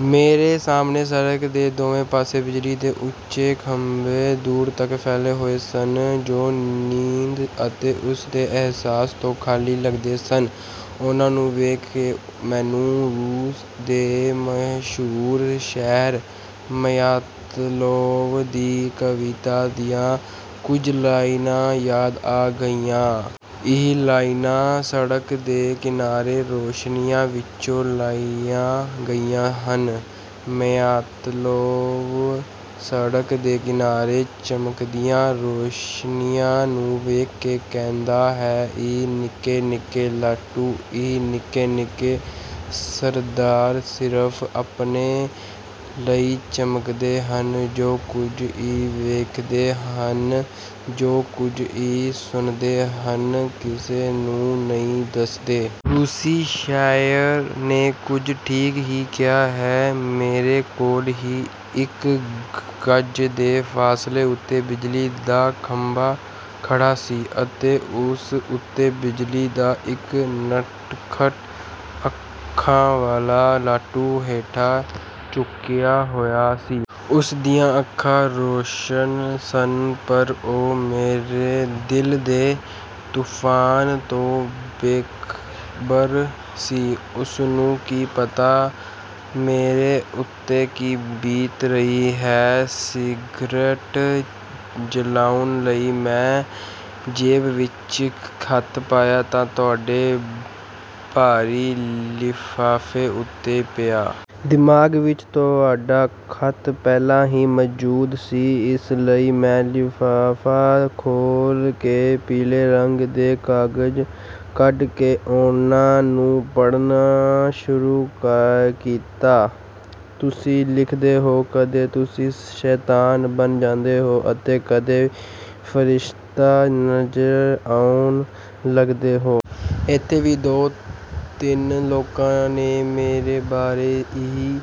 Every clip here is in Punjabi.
ਮੇਰੇ ਸਾਹਮਣੇ ਸੜਕ ਦੇ ਦੋਵੇਂ ਪਾਸੇ ਬਿਜਲੀ ਦੇ ਉੱਚੇ ਖੰਭੇ ਦੂਰ ਤੱਕ ਫੈਲੇ ਹੋਏ ਸਨ ਜੋ ਨੀਂਦ ਅਤੇ ਉਸਦੇ ਅਹਿਸਾਸ ਤੋਂ ਖਾਲੀ ਲੱਗਦੇ ਸਨ। ਉਨ੍ਹਾਂ ਨੂੰ ਵੇਖ ਕੇ ਮੈਨੂੰ ਰੂਸ ਦੇ ਮਸ਼ਹੂਰ ਸ਼ਾਇਰ ਮਯਾਤਲੋਵ ਦੀ ਕਵਿਤਾ ਦੀਆਂ ਕੁਝ ਲਾਈਨਾਂ ਯਾਦ ਆ ਗਈਆਂ। ਇਹ ਲਾਈਨਾਂ 'ਸੜਕ ਦੇ ਕਿਨਾਰੇ ਰੋਸ਼ਨੀਆਂ' ਵਿੱਚੋਂ ਲਈਆਂ ਗਈਆਂ ਹਨ। ਮਯਾਤਲੋਵ ਸੜਕ ਦੇ ਕਿਨਾਰੇ ਚਮਕਦੀਆਂ ਰੋਸ਼ਨੀਆਂ ਨੂੰ ਵੇਖ ਕੇ ਕਹਿੰਦਾ ਹੈ, ਇਹ ਨਿੱਕੇ-ਨਿੱਕੇ ਲਾਟੂ, ਇਹ ਨਿੱਕੇ-ਨਿੱਕੇ ਸਰਦਾਰ ਸਿਰਫ਼ ਆਪਣੇ ਲਈ ਚਮਕਦੇ ਹਨ। ਜੋ ਕੁਝ ਇਹ ਵੇਖਦੇ ਹਨ, ਜੋ ਕੁਝ ਇਹ ਸੁਣਦੇ ਹਨ ਕਿਸੇ ਨੂੰ ਨਹੀਂ ਦੱਸਦੇ। ਰੂਸੀ ਸ਼ਾਇਰ ਨੇ ਕੁਝ ਠੀਕ ਹੀ ਕਿਹਾ ਹੈ। ਮੇਰੇ ਕੋਲ ਹੀ ਇੱਕ ਗਜ਼ ਦੇ ਫਾਸਲੇ ਉੱਤੇ ਬਿਜਲੀ ਦਾ ਖੰਭਾ ਖੜ੍ਹਾ ਸੀ ਅਤੇ ਉਸ ਉੱਤੇ ਬਿਜਲੀ ਦਾ ਇੱਕ ਨਟਖਟ ਅੱਖਾਂ ਵਾਲਾ ਲਾਟੂ ਹੇਠਾਂ ਝੁਕਿਆ ਹੋਇਆ ਸੀ। ਉਸ ਦੀਆਂ ਅੱਖਾਂ ਰੌਸ਼ਨ ਸਨ ਪਰ ਉਹ ਮੇਰੇ ਦਿਲ ਦੇ ਤੂਫਾਨ ਤੋਂ ਬੇਖਬਰ ਸੀ। ਉਸਨੂੰ ਕੀ ਪਤਾ ਮੇਰੇ ਉੱਤੇ ਕੀ ਬੀਤ ਰਹੀ ਹੈ। ਸਿਗਰਟ ਜਲਾਉਣ ਲਈ ਮੈਂ ਜੇਬ ਵਿੱਚ ਹੱਥ ਪਾਇਆ ਤਾਂ ਤੁਹਾਡੇ ਭਾਰੀ ਲਿਫ਼ਾਫ਼ੇ ਉੱਤੇ ਪਿਆ। ਦਿਮਾਗ਼ ਵਿੱਚ ਤੁਹਾਡਾ ਖੱਤ ਪਹਿਲਾਂ ਹੀ ਮੌਜੂਦ ਸੀ। ਇਸ ਲਈ ਮੈਂ ਲਿਫ਼ਾਫ਼ਾ ਖੋਲ੍ਹ ਕੇ ਪੀਲੇ ਰੰਗ ਦੇ ਕਾਗ਼ਜ਼ ਕੱਢ ਕੇ ਉਨ੍ਹਾਂ ਨੂੰ ਪੜ੍ਹਨਾ ਸ਼ੁਰੂ ਕੀਤਾ। ਤੁਸੀਂ ਲਿਖਦੇ ਹੋ, "ਕਦੇ ਤੁਸੀਂ ਸ਼ੈਤਾਨ ਬਣ ਜਾਂਦੇ ਹੋ ਅਤੇ ਕਦੇ ਫਰਿਸ਼ਤਾ ਨਜ਼ਰ ਆਉਣ ਲੱਗਦੇ ਹੋ।" ਇੱਥੇ ਵੀ ਦੋ-ਤਿੰਨ ਲੋਕਾਂ ਨੇ ਮੇਰੇ ਬਾਰੇ ਇਹੀ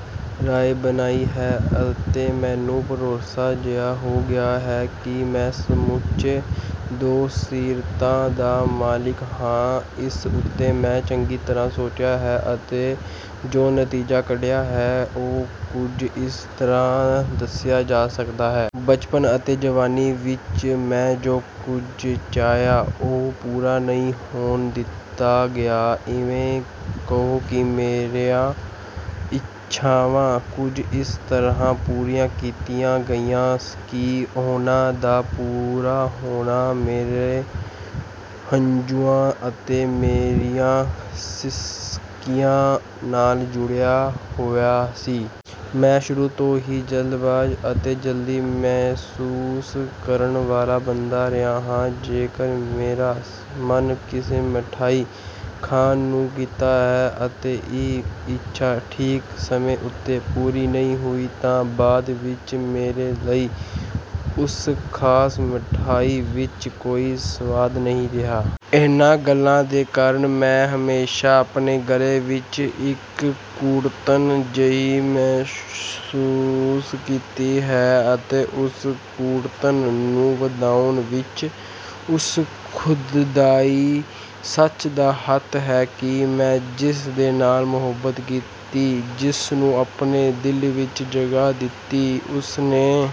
ਰਾਏ ਬਣਾਈ ਹੈ ਅਤੇ ਮੈਨੂੰ ਭਰੋਸਾ ਜਿਹਾ ਹੋ ਗਿਆ ਹੈ ਕਿ ਮੈਂ ਸੱਚਮੁੱਚ ਦੋ ਸੀਰਤਾਂ ਦਾ ਮਾਲਿਕ ਹਾਂ। ਇਸ ਉੱਤੇ ਮੈਂ ਚੰਗੀ ਤਰ੍ਹਾਂ ਸੋਚਿਆ ਹੈ ਅਤੇ ਜੋ ਨਤੀਜਾ ਕੱਢਿਆ ਹੈ, ਉਹ ਕੁਝ ਇਸ ਤਰ੍ਹਾਂ ਦੱਸਿਆ ਜਾ ਸਕਦਾ ਹੈ। ਬਚਪਨ ਅਤੇ ਜਵਾਨੀ ਵਿੱਚ ਮੈਂ ਜੋ ਕੁਝ ਚਾਹਿਆ, ਉਹ ਪੂਰਾ ਨਹੀਂ ਹੋਣ ਦਿੱਤਾ ਗਿਆ। ਇਵੇਂ ਕਹੋ ਕਿ ਮੇਰੀਆਂ ਇੱਛਾਵਾਂ ਕੁਝ ਇਸ ਤਰ੍ਹਾਂ ਪੂਰੀਆਂ ਕੀਤੀਆਂ ਗਈਆਂ ਕਿ ਉਹਨਾਂ ਦਾ ਪੂਰਾ ਹੋਣਾ ਮੇਰੇ ਹੰਝੂਆਂ ਅਤੇ ਮੇਰੀਆਂ ਸਿਸਕੀਆਂ ਨਾਲ਼ ਜੁੜਿਆ ਹੋਇਆ ਸੀ। ਮੈਂ ਸ਼ੁਰੂ ਤੋਂ ਹੀ ਜਲਦਬਾਜ਼ ਅਤੇ ਜਲਦੀ ਮਹਿਸੂਸ ਕਰਨ ਵਾਲਾ ਬੰਦਾ ਰਿਹਾ ਹਾਂ। ਜੇਕਰ ਮੇਰਾ ਮਨ ਕਿਸੇ ਮਠਿਆਈ ਖਾਣ ਨੂੰ ਕੀਤਾ ਹੈ ਅਤੇ ਇਹ ਇੱਛਾ ਠੀਕ ਸਮੇਂ ਉੱਤੇ ਪੂਰੀ ਨਹੀਂ ਹੋਈ ਤਾਂ ਬਾਅਦ ਵਿੱਚ ਮੇਰੇ ਲਈ ਉਸ ਖ਼ਾਸ ਮਠਿਆਈ ਵਿੱਚ ਕੋਈ ਸਵਾਦ ਨਹੀਂ ਰਿਹਾ। ਇਨ੍ਹਾਂ ਗੱਲਾਂ ਦੇ ਕਾਰਨ ਮੈਂ ਹਮੇਸ਼ਾ ਆਪਣੇ ਗਲੇ ਵਿੱਚ ਇੱਕ ਕੁੜੱਤਣ ਜਿਹੀ ਮਹਿਸੂਸ ਕੀਤੀ ਹੈ ਅਤੇ ਉਸ ਕੁੜੱਤਣ ਨੂੰ ਵਧਾਉਣ ਵਿੱਚ ਉਸ ਦੁਖਦਾਈ ਸੱਚ ਦਾ ਹੱਥ ਹੈ ਕਿ ਮੈਂ ਜਿਸਦੇ ਨਾਲ਼ ਮੁਹੱਬਤ ਕੀਤੀ, ਜਿਸਨੂੰ ਆਪਣੇ ਦਿਲ ਵਿੱਚ ਜਗ੍ਹਾ ਦਿੱਤੀ, ਉਸਨੇ